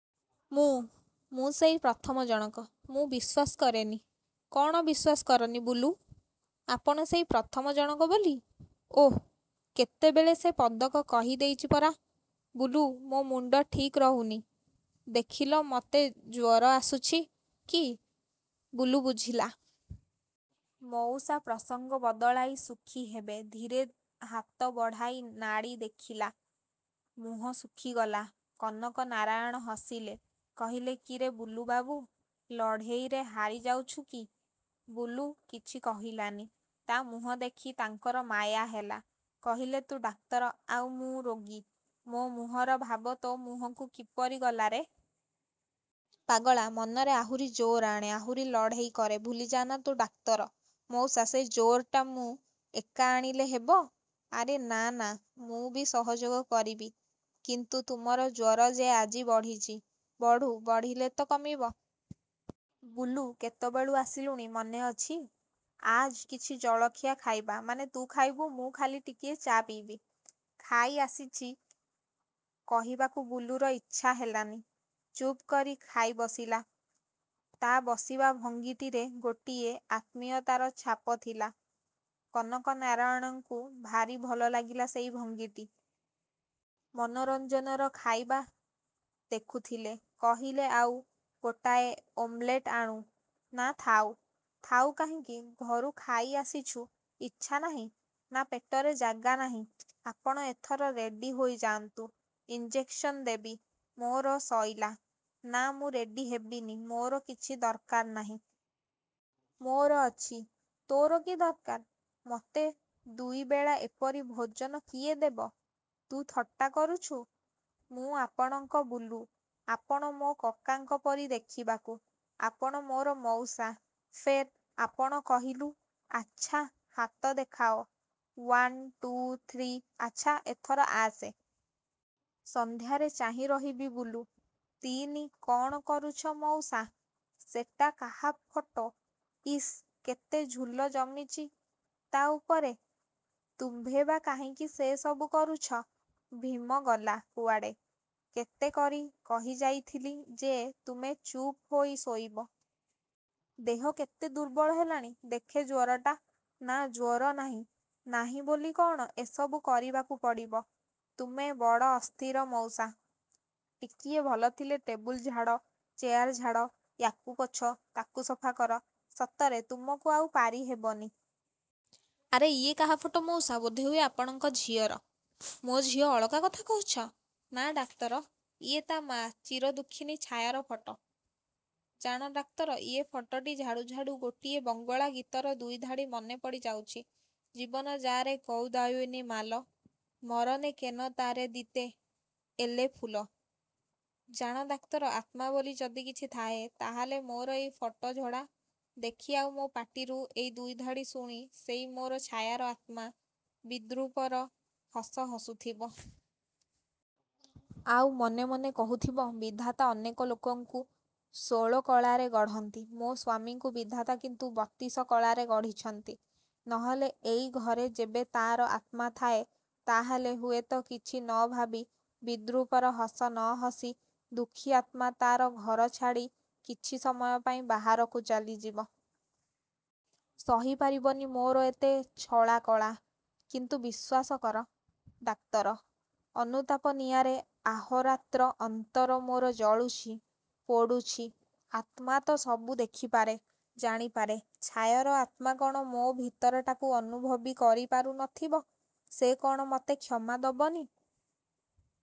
-ମୁଁ?, ମୁଁ ସେଇ ପ୍ରଥମ ଜଣକ। -ମୁଁ ବିଶ୍ୱାସ କରେନି। -କ'ଣ ବିଶ୍ୱାସ କରନି ବୁଲୁ? -ଆପଣ ସେଇ ପ୍ରଥମ ଜଣକ ବୋଲି। -ଓଃ-କେତେବେଳେ ସେ ପଦକ କହିଦେଇଛି ପରା। ବୁଲୁ ମୋ ମୁଣ୍ଡ ଠିକ୍ ରହୁନି। ଦେଖିଲ ମୋତେ ଜ୍ୱର ଆସୁଛି କି? ବୁଲୁ ବୁଝିଲା,। ମଉସା ପ୍ରସଙ୍ଗ ବଦଳାଇ ସୁଖୀ ହେବେ। ଧୀରେ ହାତ ବଢ଼ାଇ ନାଡ଼ି ଦେଖିଲା। ମୁହଁ ଶୁଖିଗଲା। -କନକ ନାରାୟଣ ହସିଲେ। କହିଲେ- କିରେ ବୁଲୁବାବୁ, ଲଢ଼େଇରେ ହାରିଯାଉଛୁ କି? ବୁଲୁ କିଛି କହିଲାନି। ତା' ମୁହଁ ଦେଖି ତାଙ୍କର ମାୟା ହେଲା। କହିଲେ-ତୁ ଡାକ୍ତର, ଆଉ ମୁଁ ରୋଗୀ, ମୋ ମୁହଁର ଭାବ ତୋ ମୁହଁକୁ କିପରି ଗଲାରେ? ପାଗଳା। ମନରେ ଆହୁରି ଜୋର ଆଣେ, ଆହୁରି ଲଢ଼େଇ କରେ, ଭୁଲିଯାଆନା ତୁ ଡାକ୍ତର। -ମଉସା ସେ ଜୋର୍ଟା ମୁଁ ଏକା ଆଣିଲେ ହେବ! -ଆରେ ନା ନା, ମୁଁ ବି ସହଯୋଗ କରିବି। -କିନ୍ତୁ ତୁମର ଜ୍ୱର ଯେ ଆଜି ବଢ଼ିଛି। -ବଢ଼ୁ, ବଢ଼ିଲେ ତ କମିବ। ବୁଲୁ କେତେବେଳୁ ଆସିଲୁଣି ମନେଅଛି। ଆ କିଛି ଜଳଖିଆ ଖାଇବା। ମାନେ ତୁ ଖାଇବୁ। ମୁଁ ଖାଲି ଟିକିଏ ଚା ପିଇବି। ଖାଇ ଆସିଛି କହିବାକୁ ବୁଲୁର ଇଚ୍ଛାହେଲାନି। ଚୁପ୍ କରି ଖାଇବସିଲା। ତା' ବସିବା ଭଙ୍ଗୀଟିରେ ଗୋଟିଏ ଆତ୍ମୀୟତାର ଛାପ ଥିଲା। କନକ ନାରାୟଣଙ୍କୁ ଭାରି ଭଲ ଲାଗିଲା ସେଇ ଭଙ୍ଗୀଟି। ମନୋରଞ୍ଜନର ଖାଇବା ଦେଖୁଥିଲେ। କହିଲେ-ଆଉ ଗୋଟାଏ ଓମ୍ଲେଟ ଆଣୁ? -ନା ଥାଉ। -ଥାଉ କାହିଁକି, ଘରୁ ଖାଇଆସିଛୁ, ଇଚ୍ଛା ନାହିଁ? -ନା, ପେଟରେ ଜାଗା ନାହିଁ। ଆପଣ ଏଥର ରେଡ଼ି ହୋଇଯାନ୍ତୁ। ଇନ୍ଜେକ୍ସନ ଦେବି, ମୋର ସଇଲା। -ନା, ମୁଁ ରେଡ଼ି ହେବିନି, ମୋର କିଛି ଦରକାର ନାହିଁ। -ମୋର ଅଛି। -ତୋ'ର କି ଦରକାର? -ମୋତେ ଦୁଇବେଳା ଏପରି ଭୋଜନ କିଏ ଦେବ? -ତୁ ଥଟ୍ଟା କରୁଛୁ। -ମୁଁ ଆପଣଙ୍କ ବୁଲୁ, ଆପଣ ମୋ କକାଙ୍କ ପରି ଦେଖିବାକୁ, ଆପଣ ମୋର ମଉସା-ଫେର ଆପଣ କହିଲୁ-ଆଚ୍ଛା ହାତ ଦେଖାଅ। ଓ୍ୱାନ୍, ଟୁ, ଥ୍ରୀ,-ଆଚ୍ଛା ଏଥର ଆସେ। -ସନ୍ଧ୍ୟାରେ ଚାହିଁ ରହିବି ବୁଲୁ। ତିନି -କ'ଣ କରୁଛ ମଉସା? ସେଟା କାହା ଫଟୋ? ଇସ୍ କେତେ ଝୁଲ ଜମିଛି ତା' ଉପରେ। ତୁମ୍ଭେ ବା କାହିଁକି ସେ ସବୁ କରୁଛ? ଭୀମ ଗଲା କୁଆଡ଼େ? କେତେକରି କହିଯାଇଥିଲି ଯେ ତୁମେ ଚୁପ୍ ହୋଇ ଶୋଇବ। ଦେହ କେତେ ଦୁର୍ବଳ ହେଲାଣି। ଦେଖେ ଜ୍ୱରଟା-ନା, ଜ୍ୱର ନାହିଁ। ନାହିଁ ବୋଲି କ'ଣ ଏସବୁ କରିବାକୁ ପଡ଼ିବ। ତୁମେ ବଡ଼ ଅସ୍ଥିର ମଉସା, ଟିକିଏ ଭଲ ଥିଲେ ଟେବୁଲ୍ ଝାଡ଼, ଚେୟାର ଝାଡ଼, ୟାକୁ ପୋଛ, ତାକୁ ସଫା କର। ସତରେ ତୁମକୁ ଆଉ ପାରିହେବନି। ଆରେ-ଇଏ କାହା ଫଟୋ ମଉସା। ବୋଧହୁଏ ଆପଣଙ୍କ ଝିଅର। ମୋ ଝିଅ ଅଳକା କଥା କହୁଛ। ନା ଡାକ୍ତର, ଇଏ ତା' ମା ଚିରଦୁଃଖିନୀ ଛାୟାର ଫଟୋ। ଜାଣ ଡାକ୍ତର ଏଇ ଫଟୋଟି ଝାଡ଼ୁ ଝାଡ଼ୁ ଗୋଟିଏ ବଙ୍ଗଳା ଗୀତର ଦୁଇଧାଡ଼ି ମନେପଡ଼ି ଯାଉଛି- ''ଜୀବନେ ଯାରେ କଉ ଦାଔନି ମାଲ, ମରନେ କେନ ତାରେ ଦିତେ ଏଲେ ଫୁଲ'', ଜାଣ ଡାକ୍ତର, ଆତ୍ମା ବୋଲି ଯଦି କିଛି ଥାଏ, ତାହେଲେ ମୋର ଏଇ ଫଟୋ ଝଡ଼ା ଦେଖି ଆଉ ମୋ ପାଟିରୁ ଏଇ ଦୁଇଧାଡ଼ି ଶୁଣି ସେଇ ମୋର ଛାୟାର ଆତ୍ମା ବିଦ୍ରୂପର ହସ ହସୁଥିବ। ଆଉ ମନେମନେ କହୁଥିବ-''ବିଧାତା ଅନେକ ଲୋକଙ୍କୁ ଷୋଳକଳାରେ ଗଢ଼ନ୍ତି। ମୋ ସ୍ୱାମୀଙ୍କୁ ବିଧାତା କିନ୍ତୁ ବତିଶ କଳାରେ ଗଢ଼ିଛନ୍ତି। '' ନହେଲେ ଏଇ ଘରେ ଯେବେ ତା'ର ଆତ୍ମା ଥାଏ ତା'ହେଲେ ହୁଏତ କିଛି ନ ଭାବି ବିଦ୍ରୂପର ହସ ନ ହସି ଦୁଃଖୀ ଆତ୍ମା ତା'ର ଘର ଛାଡ଼ି କିଛି ସମୟ ପାଇଁ ବାହାରକୁ ଚାଲିଯିବ। ସହିପାରିବନି ମୋର ଏତେ ଛଳା କଳା। କିନ୍ତୁ ବଶ୍ୱାସ କର ଡାକ୍ତର, ଅନୁତାପ ନିଆରେ ଅହୋରାତ୍ର ଅନ୍ତର ମୋର ଜଳୁଛି ପୋଡ଼ୁଛି। ଆତ୍ମା ତ ସବୁ ଦେଖିପାରେ, ଜାଣିପାରେ। ଛାୟାର ଆତ୍ମା କ'ଣ ମୋ ଭିତରଟାକୁ ଅନୁଭବି ପାରୁନଥିବ? ସେ କ'ଣ ମୋତେ କ୍ଷମା ଦେବନି?